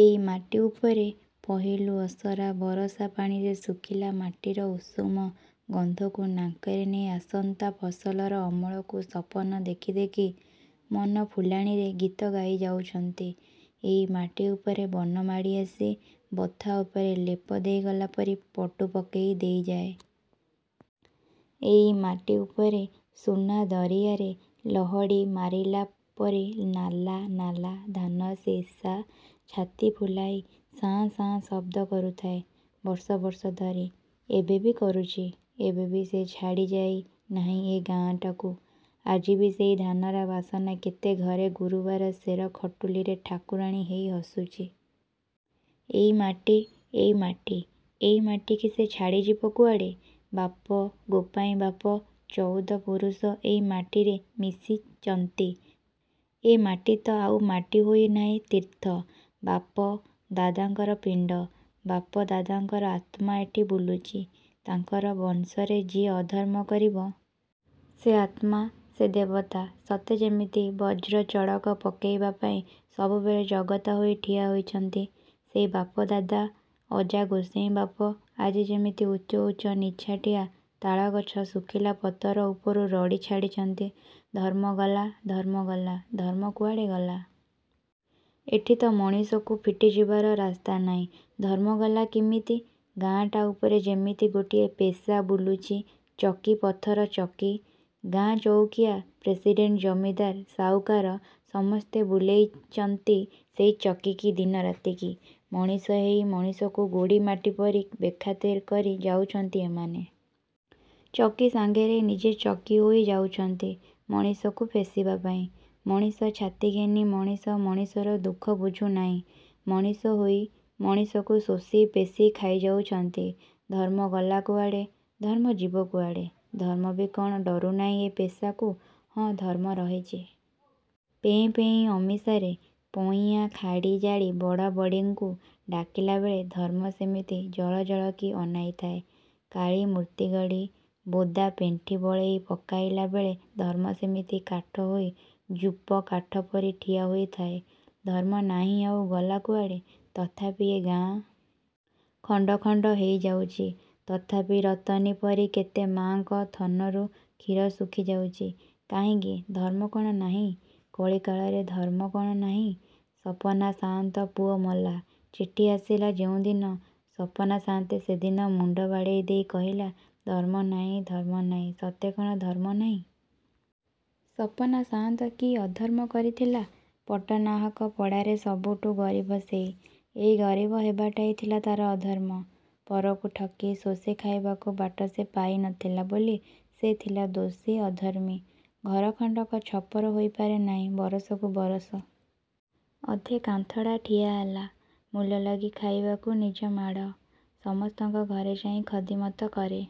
ଏଇ ମାଟି ଉପରେ ପହିଲୁ ଅସରା ବରଷା ପାଣିରେ ଶୁଖିଲା ମାଟିର ଉଷୁମ ଗନ୍ଧକୁ ନାକରେ ନେଇ ଆସନ୍ତା ଫସଲର ଅମଳକୁ ସପନ ଦେଖି ଦେଖି ମନ ଫୁଲାଣିରେ ଗୀତ ଗାଇଯାଇଛନ୍ତି। ଏଇ ମାଟି ଉପରେ ବନ ମାଡ଼ିଆସି, ବଥା ଉପରେ ଲେପ ଦେଇଗଲାପରି ପଟୁ ପକେଇ ଦେଇଯାଏ। ଏଇ ମାଟି ଉପରେ ସୁନା ଦରିଆରେ ଲହଡ଼ି ମାରିଲା ପରି ନାଲା ନାଲା ଧାନଶିଷା ଛାତି ଫୁଲାଇ ଶାଁ ଶାଁ ଶବଦ କରୁଥାଏ, ବର୍ଷ ବର୍ଷ ଧରି। ଏବେବି କରୁଛି। ଏବେବି ସେ ଛାଡ଼ିଯାଇ ନାହିଁ ଏ ଗାଁଟାକୁ। ଆଜିବି ସେଇ ଧାନର ବାସନା କେତେ ଘରେ ଗୁରୁବାର ସେର ଖଟୁଳିରେ ଠାକୁରାଣୀ ହେଇ ହସୁଛି। ଏଇ ମାଟି ଏଇ ମାଟି ଏଇ ମାଟିକି ସେ ଛାଡ଼ିଯିବ କୁଆଡ଼େ! ବାପ ଗୋପାଇଁବାପ ଚଉଦ ପୁରୁଷ ଏଇମାଟିରେ ମିଶିଚନ୍ତି। ଏ ମାଟି ତ ଆଉ ମାଟି ହୋଇ ନାହିଁ ତୀର୍ଥ। ବାପ ଦାଦାଙ୍କର ପିଣ୍ଡ। ବାପ ଦାଦାଙ୍କର ଆତ୍ମା ଏଠି ବୁଲୁଚି। ତାଙ୍କର ବଂଶରେ ଯିଏ ଅଧର୍ମ କରିବ। ସେ ଆତ୍ମା ସେ ଦେବତା ସତେ ଯେମିତି ବଜ୍ରଚଡ଼କ ପକେଇବା ପାଇଁ ସବୁବେଳେ ଜଗତା ହୋଇ ଠିଆ ହୋଇଛନ୍ତି। ସେଇ ବାପଦାଦା, ଅଜା ଗୋସାଇଁବାପ ଆଜି ଯେମିତି ଉଚ୍ଚ ଉଚ୍ଚ ନିଛାଟିଆ ତାଳଗଛ ଶୁଖିଲା ପତର ଉପରୁ ରଡ଼ି ଛାଡ଼ିଛନ୍ତି ଧର୍ମଗଲା ଧର୍ମଗଲା! ଧର୍ମ କୁଆଡ଼େ ଗଲା? ଏଠି ତ ମଣିଷକୁ ଫିଟିଯିବାର ରାସ୍ତା ନାହିଁ ଧର୍ମଗଲା କିମିତି? ଗାଁଟା ଉପରେ ଯେମିତି ଗୋଟିଏ ପେଷା ବୁଲୁଛି ଚକି ପଥର ଚକି। ଗାଁ ଚଉକିଆ ପ୍ରେସିଡ଼େଣ୍ଟ ଜମିଦାର ସାଉକାର ସମସ୍ତେ ବୁଲେଇଚନ୍ତି ସେଇ ଚକିକି ଦିନରାତିକି। ମଣିଷ ହେଇ ମଣିଷକୁ ଗୋଡ଼ି ମାଟିପରି ବେଖାତିର କରି ଯାଉଛନ୍ତି ଏମାନେ। ଚକି ସାଙ୍ଗରେ ନିଜେ ଚକି ହୋଇ ଯାଉଛନ୍ତି ମଣିଷକୁ ପେଷିବାପାଇଁ, ମଣିଷ ଛାତି ଘେନି ମଣିଷ ମଣିଷର ଦୁଃଖ ବୁଝୁନାହିଁ। ମଣିଷ ହୋଇ ମଣିଷକୁ ଶୋଷି ପେଷି ଖାଇଯାଉଛନ୍ତି। ଧର୍ମ ଗଲା କୁଆଡ଼େ! ଧର୍ମ ଯିବ କୁଆଡ଼େ। ଧର୍ମବି କ'ଣ ଡରୁନାହିଁ ଏ ପେଷାକୁ? ହଁ, ଧର୍ମ ରହିଛି। ପେପେଁଇ ଅମିସାରେ ପଇଆଁ ଖାଡ଼ି ଜାଳି ବଡ଼ ବଡ଼ିଙ୍କୁ ଡାକିଲାବେଳେ ଧର୍ମ ସେମିତି ଜଳଜଳକି ଅନାଇ ଥାଏ। କାଳୀ ମୂର୍ତ୍ତିଗଢ଼ି ବୋଦାପେଣ୍ଠି ବଳେଇ ପକାଇଲାବେଳେ ଧର୍ମ ସେମିତି କାଠ ହେଇ ଯୂପକାଠପରି ଠିଆ ହୋଇଥାଏ। ଧର୍ମ ନାହିଁ ଆଉ ଗଲା କୁଆଡ଼େ? ତଥାପି ଏ ଗାଁ। ଖଣ୍ଡଖଣ୍ଡ ହେଇଯାଉଛି। ତଥାପି ରତନୀପରି କେତେ ମାଙ୍କ ଥନରୁ କ୍ଷୀର ଶୁଖିଯାଉଛି। କାହିଁକି? ଧର୍ମ କଣ ନାହିଁ? କଳିକାଳରେ ଧର୍ମ କଣ ନାହିଁ? ସପନା ସାଆନ୍ତ ପୁଅ ମଲା। ଚିଠି ଆସିଲା ଯେଉଁଦିନ, ସପନା ସାଆନ୍ତ ସେଦିନ ମୁଣ୍ଡ ବାଡ଼େଇ ଦେଇ କହିଲା ଧର୍ମନାହିଁ ଧର୍ମ ନାହିଁ ସତେ କଣ ଧର୍ମନାହିଁ? ସପନା ସାଆନ୍ତ କି ଅଧର୍ମ କରିଥିଲା। ପଟ୍ଟନାହାକ ପଡ଼ାରେ ସବୁଠୁ ଗରିବ ସେଇ। ଏଇ ଗରିବ ହେବାଟାଇ ଥିଲା ତା'ର ଅଧର୍ମ। ପରକୁ ଠକି ଶୋଷିଖାଇବାକୁ ବାଟ ସେ ପାଇ ନଥିଲା ବୋଲି ସେ ଥିଲା ଦୋଷୀ, ଅଧର୍ମୀ। ଘର ଖଣ୍ଡକ ଛପର ହୋଇପାରେ ନାହିଁ ବରଷକୁ ବରଷ। ଅଧେ କାନ୍ଥଡ଼ା ଠିଆହେଲା। ମୂଲଲାଗି ଖାଇବାକୁ ନିଜମାଡ଼। ସମସ୍ତଙ୍କ ଘରେ ଯାଇ ଖିଦିମତ କରେ।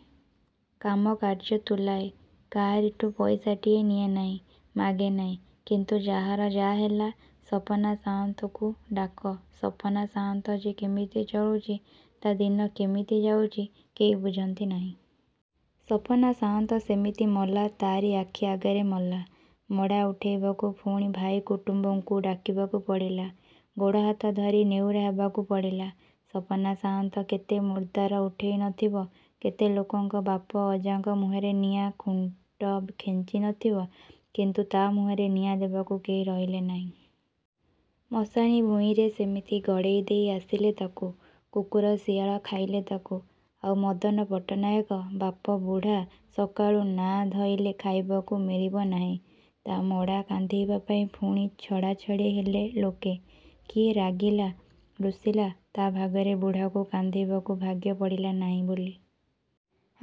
କାମ କାର୍ଯ୍ୟ ତୁଲାଏ। କାହାରିଠୁ ପଇସାଟିଏ ନିଏ ନାହିଁ। ମାଗେ ନାହିଁ। କିନ୍ତୁ ଯାହାର ଯାହା ହେଲା, ସପନା ସାଆନ୍ତକୁ ଡାକ। ସପନା ସାଆନ୍ତ ଯେ କେମିତି ଚଳୁଛି ତା ଦିନ କେମିତି ଯାଉଛି, କେହି ବୁଝନ୍ତି ନାହିଁ। ସପନା ସାଆନ୍ତ ସେମିତି ମଲା ତାରି ଆଖି ଆଗରେ ମଲା। ମଡ଼ା ଉଠେଇବାକୁ ପୁଣି ଭାଇ କୁଟୁମ୍ୱଙ୍କୁ ଡାକିବାକୁ ପଡ଼ିଲା। ଗୋଡ଼ ହାତ ଧରି ନେହୁରା ହେବାକୁ ପଡ଼ିଲା। ସପନା ସାଆନ୍ତ କେତେ ମୁର୍ଦାର ଉଠେଇ ନ ଥିବ, କେତେ ଲୋକଙ୍କ ବାପ ଅଜାଙ୍କ ମୁହଁରେ ନିଆଁ ଖୁଣ୍ଟ ଖେଞ୍ଚି ନଥିବ, କିନ୍ତୁ ତା ମୁହଁରେ ନିଆଁ ଦେବାକୁ କେହି ରହିଲେ ନାହିଁ। ମଶାଣି ଭୂଇଁରେ ସେମିତି ଗଡ଼େଇ ଦେଇ ଆସିଲେ ତାକୁ। କୁକୁର ଶିଆଳ ଖାଇଲେ ତାକୁ। ଆଉ ମଦନ ପଟ୍ଟନାୟକ ବାପ ବୁଢ଼ା ସକାଳୁ ନାଆଁ ଧଇଲେ ଖାଇବାକୁ ମିଳିବ ନାହିଁ, ତା ମଡ଼ା କାନ୍ଧେଇବା ପାଇଁ ପୁଣି ଛଡ଼ାଛଡ଼ି ହେଲେ ଲୋକେ। କିଏ ରାଗିଲା, ରୁଷିଲା, ତା' ଭାଗରେ ବୁଢ଼ାକୁ କାନ୍ଧେଇବାକୁ ଭାଗ୍ୟ ପଡ଼ିଲା ନାହିଁ ବୋଲି।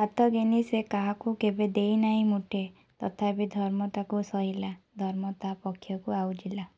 ହାତ ଘେନି ସେ କାହାକୁ କେବେ ଦେଇ ନାହିଁ ମୁଠେ, ତଥାପି ଧର୍ମ ତାକୁ ସହିଲା। ଧର୍ମ ତା ପକ୍ଷକୁ ଆଉଜିଲା।